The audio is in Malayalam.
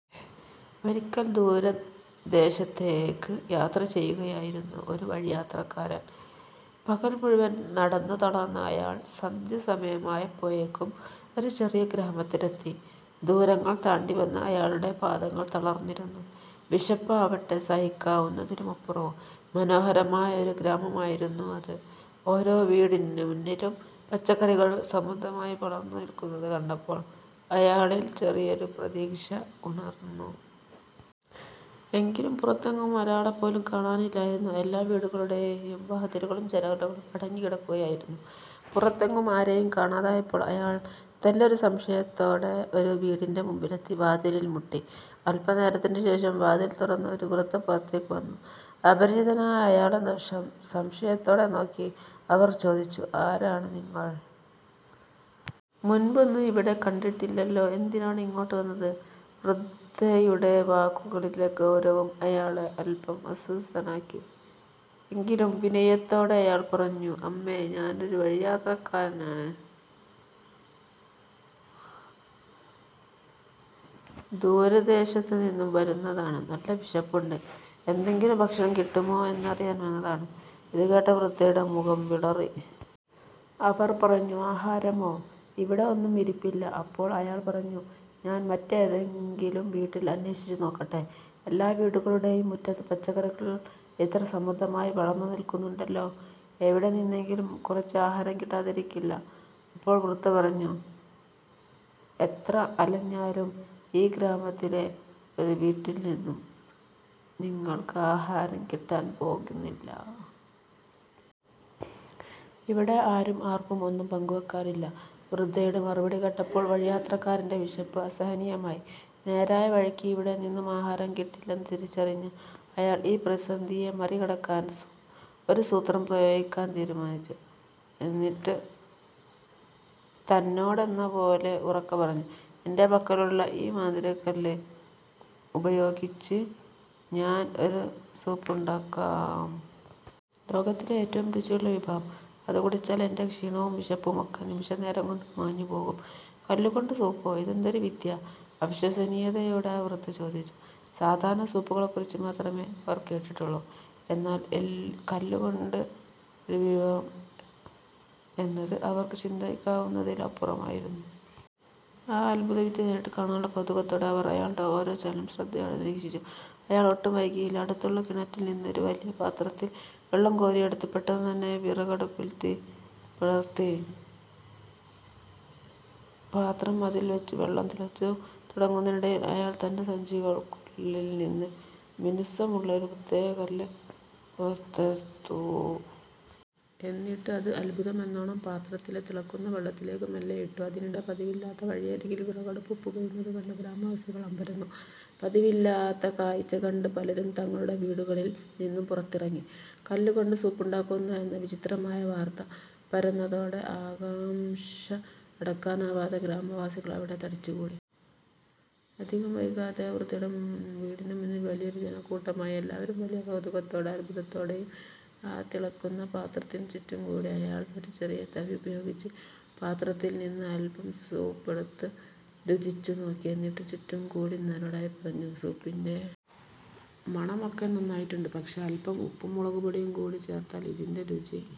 ഒരിക്കൽ, ദൂരദേശത്തേക്ക് യാത്ര ചെയ്യുകയായിരുന്നു ഒരു വഴിയാത്രക്കാരൻ. പകൽ മുഴുവൻ നടന്ന് തളർന്ന അയാൾ സന്ധ്യാസമയമായപ്പോഴേക്കും ഒരു ചെറിയ ഗ്രാമത്തിലെത്തി. ദൂരങ്ങൾ താണ്ടി വന്ന അയാളുടെ പാദങ്ങൾ തളർന്നിരുന്നു. വിശപ്പാവട്ടെ സഹിക്കാവുന്നതിലും അപ്പുറവും. മനോഹരമായ ഒരു ഗ്രാമമായിരുന്നു അത്. ഓരോ വീടിനു മുന്നിലും പച്ചക്കറികൾ സമൃദ്ധമായി വളർന്നു നിൽക്കുന്നത് കണ്ടപ്പോൾ അയാളിൽ ചെറിയൊരു പ്രതീക്ഷ ഉണർന്നു. എങ്കിലും, പുറത്തെങ്ങും ഒരാളെപ്പോലും കാണാനില്ലായിരുന്നു. എല്ലാ വീടുകളുടെയും വാതിലുകളും ജനലുകളും അടഞ്ഞുകിടക്കുകയായിരുന്നു. പുറത്തെങ്ങും ആരെയും കാണാതായപ്പോൾ അയാൾ തെല്ലൊരു സംശയത്തോടെ ഒരു വീടിന്റെ മുൻപിലെത്തി വാതിലിൽ മുട്ടി. അല്പനേരത്തിന് ശേഷം വാതിൽ തുറന്ന് ഒരു വൃദ്ധ പുറത്തേക്ക് വന്നു. അപരിചിതനായ അയാളെ സംശയത്തോടെ നോക്കി അവർ ചോദിച്ചു, "ആരാണ് നിങ്ങൾ? മുൻപൊന്നും ഇവിടെ കണ്ടിട്ടില്ലല്ലോ? എന്തിനാണ് ഇങ്ങോട്ട് വന്നത്? വൃദ്ധയുടെ വാക്കുകളിലെ ഗൗരവം അയാളെ അല്പം അസ്വസ്ഥനാക്കി. എങ്കിലും, വിനയത്തോടെ അയാൾ പറഞ്ഞു "അമ്മേ, ഞാനൊരു വഴിയാത്രക്കാരനാണ്. ദൂരദേശത്തു നിന്നും വരുന്നതാണ്. നല്ല വിശപ്പുണ്ട്, എന്തെങ്കിലും ഭക്ഷണം കിട്ടുമോ എന്നറിയാൻ വന്നതാണ്. " ഇതുകേട്ട വൃദ്ധയുടെ മുഖം വിളറി. അവർ പറഞ്ഞു "ആഹാരമോ, ഇവിടെ ഒന്നും ഇരിപ്പില്ല. " അപ്പോൾ അയാൾ പറഞ്ഞു "ഞാൻ മറ്റേതെങ്കിലും വീട്ടിൽ അന്വേഷിച്ചു നോക്കട്ടെ. എല്ലാ വീടുകളുടെയും മുറ്റത്ത് പച്ചക്കറികൾ ഇത്ര സമൃദ്ധമായി വളർന്നു നിൽക്കുന്നുണ്ടല്ലോ. എവിടെ നിന്നെങ്കിലും കുറച്ച് ആഹാരം കിട്ടാതിരിക്കില്ല. അപ്പോൾ വൃദ്ധ പറഞ്ഞു "എത്ര അലഞ്ഞാലും ഈ ഗ്രാമത്തിലെ ഒരു വീട്ടിൽ നിന്നും നിങ്ങൾക്ക് ആഹാരം കിട്ടാൻ പോകുന്നില്ല. ഇവിടെ ആരും ആർക്കും ഒന്നും പങ്കുവെക്കാറില്ല. " വൃദ്ധയുടെ മറുപടി കേട്ടപ്പോൾ വഴിയാത്രക്കാരന്റെ വിശപ്പ് അസഹനീയമായി. നേരായ വഴിക്ക് ഇവിടെ നിന്നും ആഹാരം കിട്ടില്ലെന്ന് തിരിച്ചറിഞ്ഞ അയാൾ, ഈ പ്രതിസന്ധിയെ മറികടക്കാൻ ഒരു സൂത്രം പ്രയോഗിക്കാൻ തീരുമാനിച്ചു. എന്നിട്ട് തന്നോടെന്ന പോലെ ഉറക്കെ പറഞ്ഞു "എന്റെ പക്കലുള്ള ഈ മാന്ത്രികക്കല്ല് ഉപയോഗിച്ച് ഞാൻ ഒരു സൂപ്പുണ്ടാക്കാം. ലോകത്തിലെ ഏറ്റവും രുചിയുള്ള വിഭവം! അത് കുടിച്ചാൽ എന്റെ ഈ ക്ഷീണവും വിശപ്പും ഒക്കെ നിമിഷനേരം കൊണ്ട് മാഞ്ഞുപോകും. " "കല്ലുകൊണ്ട് സൂപ്പോ? ഇതെന്തൊരു വിദ്യ? " അവിശ്വസനീയതയോടെ ആ വൃദ്ധ ചോദിച്ചു. സാധാരണ സൂപ്പുകളെക്കുറിച്ച് മാത്രമേ അവർ കേട്ടിട്ടുള്ളൂ, എന്നാൽ കല്ലുകൊണ്ട് ഒരു വിഭവം എന്നത് അവർക്ക് ചിന്തിക്കാവുന്നതിലും അപ്പുറമായിരുന്നു. ആ അത്ഭുതവിദ്യ നേരിട്ട് കാണാനുള്ള കൗതുകത്തോടെ, അവർ അയാളുടെ ഓരോ ചലനവും ശ്രദ്ധയോടെ നിരീക്ഷിച്ചു. അയാൾ ഒട്ടും വൈകിയില്ല. അടുത്തുള്ള കിണറ്റിൽ നിന്ന് ഒരു വലിയ പാത്രത്തിൽ വെള്ളം കോരിയെടുത്തു. പെട്ടെന്നുതന്നെ വിറകടുപ്പിൽ തീ പടർത്തി പാത്രം അതിൽ വെച്ചു. വെള്ളം തിളച്ചു തുടങ്ങുന്നതിനിടയിൽ, അയാൾ തന്റെ സഞ്ചിക്കുള്ളിൽ നിന്ന് മിനുസമുള്ള ഒരു പ്രത്യേക കല്ല് പുറത്തെടുത്തു. എന്നിട്ട് അത് അത്ഭുതമെന്നോണം പാത്രത്തിലെ തിളയ്ക്കുന്ന വെള്ളത്തിലേക്ക് മെല്ലെ ഇട്ടു. അതിനിടെ, പതിവില്ലാതെ വഴിയരികിൽ വിറകടുപ്പ് പുകയുന്നത് കണ്ട ഗ്രാമവാസികൾ അമ്പരന്നു. പതിവില്ലാത്ത കാഴ്ച കണ്ട് പലരും തങ്ങളുടെ വീടുകളിൽ നിന്നും പുറത്തിറങ്ങി. കല്ലു കൊണ്ട് സൂപ്പുണ്ടാക്കുന്നു എന്ന വിചിത്രമായ വാർത്ത പരന്നതോടെ, ആകാംക്ഷ അടക്കാനാവാതെ ഗ്രാമവാസികൾ അവിടെ തടിച്ചുകൂടി. അധികം വൈകാതെ ആ വൃദ്ധയുടെ വീടിനു മുന്നിൽ വലിയൊരു ജനക്കൂട്ടമായി. എല്ലാവരും വലിയ കൗതുകത്തോടെയും അത്ഭുതത്തോടെയും ആ തിളയ്ക്കുന്ന പാത്രത്തിന് ചുറ്റും കൂടി. അയാൾ ഒരു ചെറിയ തവി ഉപയോഗിച്ച് പാത്രത്തിൽ നിന്ന് അല്പം സൂപ്പെടുത്ത് രുചിച്ചു നോക്കി. എന്നിട്ട് ചുറ്റും കൂടിയിരുന്നവരോടായി പറഞ്ഞു "സൂപ്പിന്റെ മണം ഒക്കെ നന്നായിട്ടുണ്ട്, പക്ഷേ അല്പം ഉപ്പും മുളകുപൊടിയും കൂടി ചേർത്താൽ ഇതിന്റെ രുചി